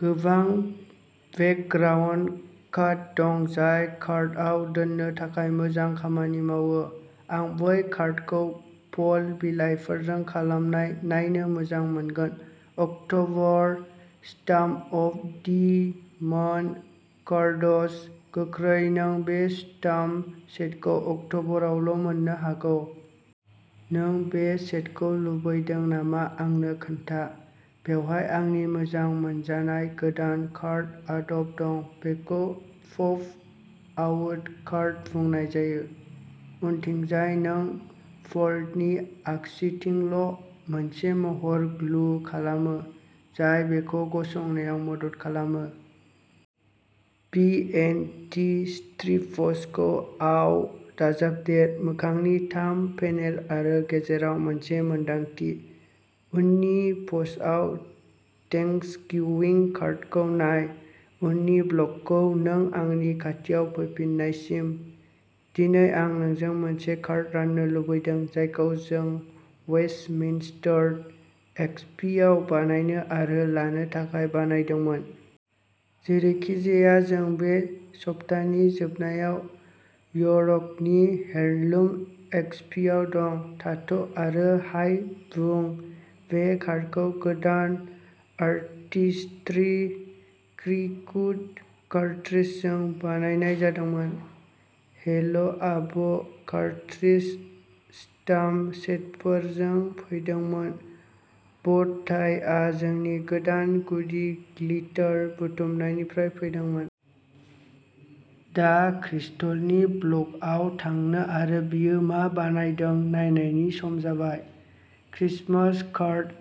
गोबां background cut दं जाय कार्डआव दोननो थाखाय मोजां खामानि मावो। आं बै कार्डखौ फल बिलाइफोरजों खालामनाय नायनो मोजां मोनगोन। October stamp of the month cards. गोख्रै नों बे स्टाम्प सेटखौ अक्ट'बरावल' मोन्नो हागोन। नों बे सेटखौ लुबैदों नामा आंनो खोन्था। बेवहाय आंनि मोजां मोनजानाय गोदान कार्ड आदब दं। बेखौ पप आउट कार्ड बुंनाय जायो। उनथिंजाय नों फोल्डनि आगसिथिंल' मोनसे महर ग्लु खालामो, जाय बेखौ गसंनायाव मदद खालामो। बि एन्ड टी स्ट्रिप्सखौ आव दाजाबदेर। मोखांनि थाम पेनेल आरो गेजेराव मोनसे मोनदांथि। उननि पस्टआव थेंक्सगिविं कार्डखौ नाय। उननि ब्लगखौ नों आंनि खाथियाव फैफिन्नायसिम। दिनै आं नोंजों मोनसे कार्ड राननो लुबैदों जायखौ जों वेस्टमिन्स्टार एक्सपिआव बानायनो आरो लानो थाखाय बानायदोंमोन। जेरैखिजाया जों बे सप्तानि जोबनायाव यर्कनि हेरलुम एक्सपिआव दं। थाथ' आरो हाय बुं बे कार्डखौ गोदान आर्टिस्ट्रि क्रिकुट कार्ट्रिजजों बानायनाय जादोंमोन। हेल'आबो कार्ट्रिज स्टाम्प सेटफोरजों फैदोंमोन। ब'टाइआ जोंनि गोदान गुदि ग्लिटार बुथुमनायनिफ्राय फैदोंमोन। दा क्रिस्टलनि ब्लगआव थांनो आरो बियो मा बानायदों नायनायनि सम जाबाय। क्रिसमास कार्ड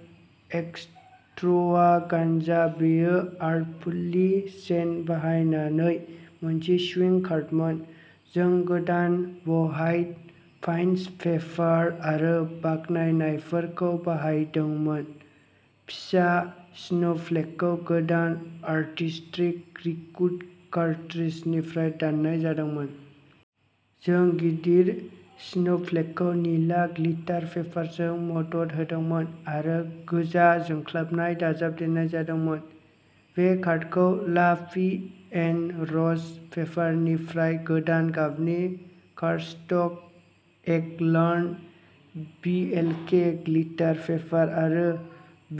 एक्स्ट्रवा गानजा। बेयो आर्टफुल्लि सेन्ट बाहायनानै मोनसे स्विंग कार्डमोन। जों गोदान व्हाइट पाइन्स पेपार आरो बाखनायनायफोरखौ बाहायदोंमोन। फिसा स्नोफ्लेकखौ गोदान आर्टिस्ट्रि क्रिकुट कार्ट्रिजनिफ्राय दाननाय जादोंमोन। जों गिदिर स्नोफ्लेकखौ निला ग्लिटार पेपारजों मदद होदोंमोन आरो गोजा जोंख्लाबनाय दाजाबदेरनाय जादोंमोन। बे कार्डखौ ला भि एन र'ज पेपारनिफ्राय गोदान गाबनि कार्डस्टक एगलान्ट, बिएलके ग्लिटार पेपार आरो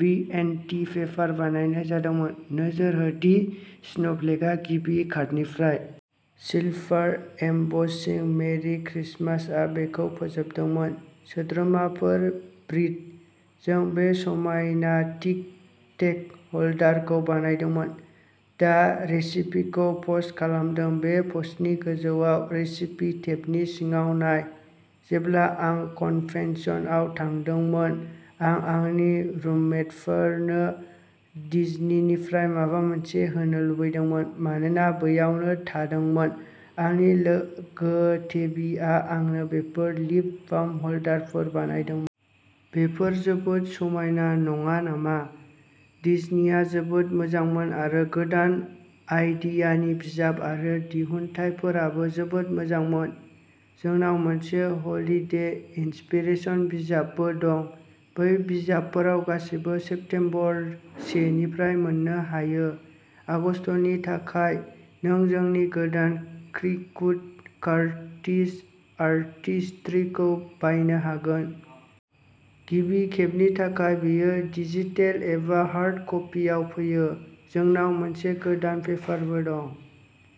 बिएन्डटि पेपार बानायनाय जादोंमोन। नोजोर हो दि स्नोफ्लेकआ गिबि कार्डनिफ्राय। सिलभार एमबसिं, मेरि क्रिसमासआ बेखौ फोजोबदोंमोन। सोद्रोमाफोर, ब्रिट। जों बे समायना टिक टेक ह'ल्डारखौ बानायदोंमोन। दा रेसिपिखौ पस्ट खालामदों बे पस्टनि गोजौआव रेसिपि टेबनि सिङाव नाय। जेब्ला आं कन्भेन्सनआव थांदोंमोन, आं आंनि रुममेटफोरनो डिज्नीनिफ्राय माबा मोनसे होनो लुबैदोंमोन मानोना बैयावनो थादोंमोन, आंनि लोगो डेबीआ आंनो बेफोर लिप बाम ह'ल्डारफोर बानायदोंमोन। बेफोर जोबोद समायना नङा नामा? डिज्नीआ जोबोद मोजांमोन आरो गोदान आइडियानि बिजाब आरो दिहुनथायफोराबो जोबोद मोजांमोन। जोंनाव मोनसे हलिडे इन्सपिरेसन बिजाबबो दं। बै बिजाबफोराव गासैबो सेप्टेम्बर से निफ्राय मोननो हायो। आगस्तनि थाखाय नों जोंनि गोदान क्रिकुट कार्ट्रिज आर्टिस्ट्रीखौ बायनो हागोन। गिबि खेबनि थाखाय बेयो डिजिटेल एबा हार्ड कपिआव फैयो। जोंनाव मोनसे गोदान पेपारबो दं।